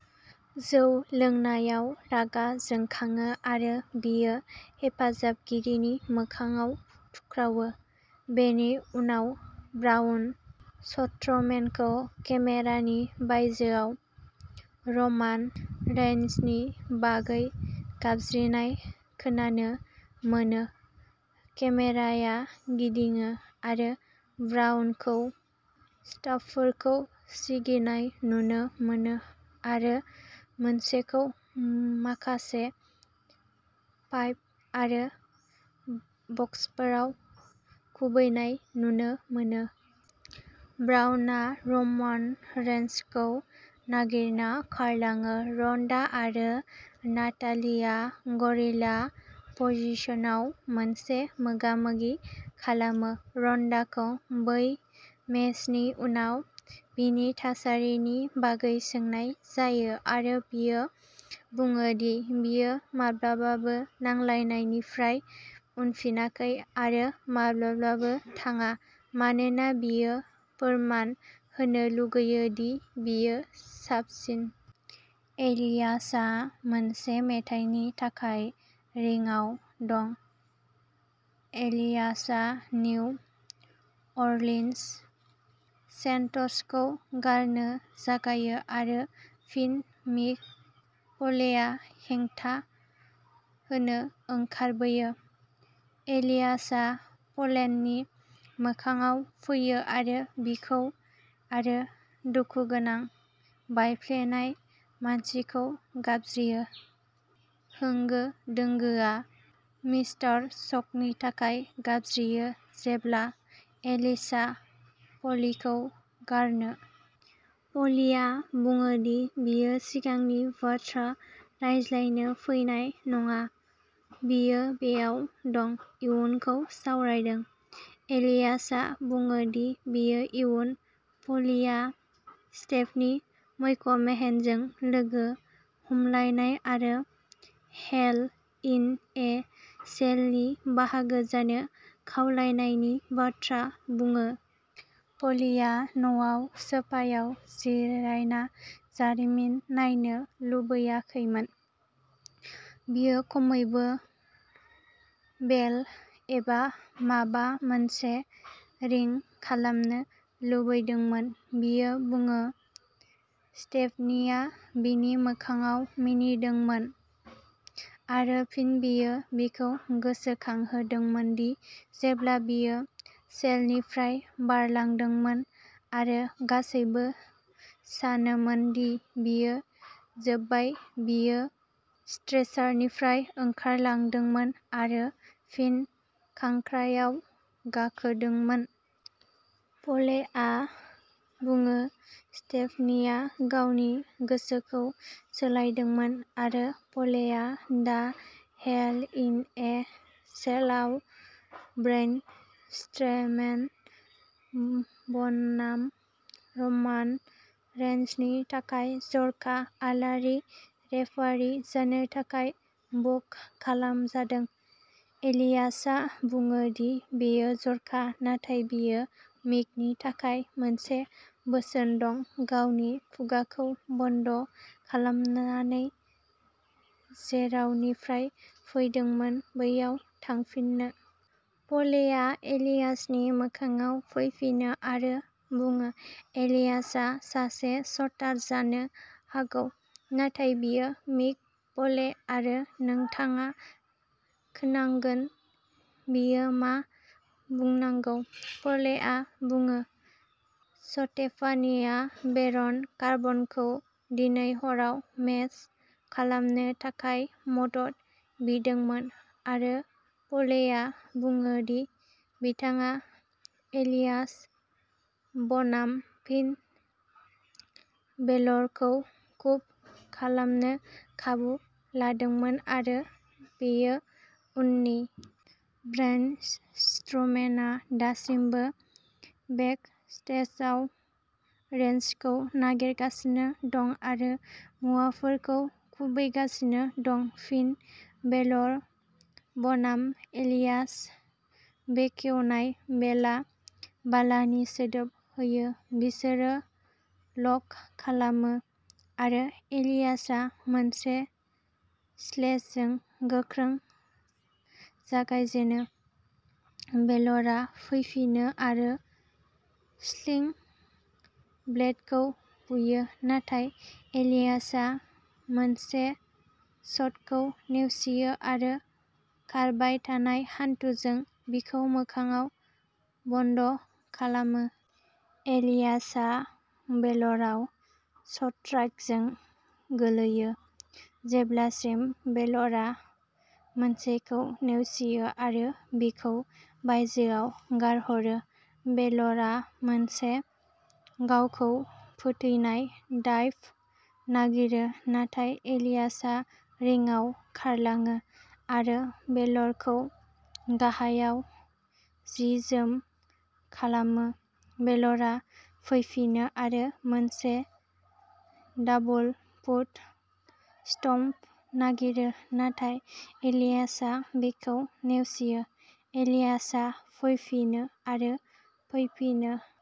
जौ लोंनायाव रागा जोंखाङो आरो बियो हेफाजाबगिरिनि मोखांआव थुख्रावो। बेनि उनाव ब्राउन स्ट्र'मेनखौ केमेरानि बायजोआव रमान रेइन्सनि बागै गाबज्रिनाय खोनानो मोनो। केमेराया गिदिङो आरो ब्राउनखौ स्टाफफोरखौ सिगिनाय नुनो मोनो, आरो मोनसेखौ माखासे पाइप आरो बक्सफोराव खुबैनाय नुनो मोनो। ब्राउनआ रमान रेइन्सखौ नागिरना खारलाङो। रन्डा आरो नातालिया गरिला पजिशनाव मोनसे मोगा-मोगि खालामो। रन्डाखौ बै मेचनि उनाव बिनि थासारिनि बागै सोंनाय जायो, आरो बियो बुङो दि बियो माब्लाबाबो नांलायनायनिफ्राय उनफिनाखै आरो माब्लाबाबो थाङा मानोना बियो फोरमान होनो लुबैयो दि बियो साबसिन। एलियासआ मोनसे मेथाइनि थाखाय रिंआव दं। एलियासआ निउ अरलिन्स सेन्ट्सखौ गारनो जागायो, आरो फिन मिक फ'लेआ हेंथा होनो ओंखारबोयो। एलियासआ फ'लेनि मोखांआव फैयो आरो बिखौ आरो दुखुगोनां बायफ्लेनाय मानसिखौ गाबज्रियो। होंगो दोंगोआ मिस्टार सक'नि थाखाय गाबज्रियो जेब्ला एलियासआ फ'लीखौ गारनो। फ'लीया बुङो दि बियो सिगांनि बाथ्रा रायज्लायनो फैनाय नङा, बियो बेयाव दं। इयुनखौ सावरायदों। एलियासआ बुङो दि बियो इयुन। फ'लिआ स्टेफनी मैकमेहनजों लोगो हमलायनाय आरो हेल इन ए सेलनि बाहागो जानो खावलायनायनि बाथ्रा बुङो। फ'लिआ न'आव सोफायाव जिरायना जारिमिन नायनो लुबैयाखैमोन, बियो खमैबो बेल एबा माबा मोनसे रिं खालामनो लुबैदोंमोन। बियो बुङो स्टेफनीआ बिनि मोखांआव मिनिदोंमोन, आरो फिन बियो बिखौ गोसोखांहोदोंमोन दि जेब्ला बियो सेलनिफ्राय बारलांदोंमोन आरो गासैबो सानोमोन दि बियो जोबबाय, बियो स्ट्रेचरनिफ्राय ओंखारदोंमोन आरो फिन खांख्रायाव गाखोदोंमोन। फ'लेआ बुङो स्टेफनीआ गावनि गोसोखौ सोलायदोंमोन, आरो फ'लेआ दा हेल इन ए सेलआव ब्रेन स्ट्र'मेन बनाम रमान रेइन्सनि थाखाय जर'खा आलासि रेफारि जानो थाखाय बुक खालामजादों। एलियासआ बुङो दि बेयो जर'खा, नाथाय बियो मिकनि थाखाय मोनसे बोसोन दं गावनि खुगाखौ बन्द' खालामनानै जेरावनिफ्राय फैदोंमोन बैयाव थांफिननो। फ'लेआ एलियासनि मोखांआव फैफिनो, आरो बुङो एलियासआ सासे स्टार जानो हागौ, नाथाय बियो मिक फ'ले आरो नोंथाङा खोनांगोन बियो मा बुंनांगौ। फ'लेआ बुङो स्टेफानिआ बेरन कर्बिनखौ दिनै हराव मेच खालामनो थाखाय मदद बिदोंमोन, आरो फ'लेआ बुङो दि बिथाङा एलियास बनाम फिन बेलरखौ बुक खालामनो खाबु लादोंमोन, आरो बेयो उननि। ब्रेन स्ट्र'मेनआ दासिमबो बेकस्टेजआव रेइन्सखौ नागिरगासिनो दं आरो मुवाफोरखौ खुबैगासिनो दं। फिन बेलर बनाम एलियास बेखेवनाय बेलआ बालानि सोदोब होयो, बिसोरो लक खालामो, आरो एलियासआ मोनसे स्लेसजों गोख्रों जागायजेनो। बेलरआ फैफिनो आरो स्लिं ब्लेडखौ बुयो, नाथाय एलियासआ मोनसे शटखौ नेवसियो आरो खारबाय थानाय हान्थुजों बिखौ मोखांआव बन्द' खालामो। एलियासआ बेलरआव स्ट्राइकजों गोलैयो जेब्लासिम बेलरआ मोनसेखौ नेवसियो आरो बिखौ बायजोआव गारहरो। बेलरआ मोनसे गावखौ फोथैनाय डाइभ नागिरो, नाथाय एलियासआ रिंआव खारलाङो आरो बेलरखौ गाहायाव जि जोम खालामो। बेलरआ फैफिनो आरो मोनसे डाबल फुट स्टम्प नागिरो, नाथाय एलियासआ बेखौ नेवसियो। एलियासआ फैफिनो आरो फैफिनो।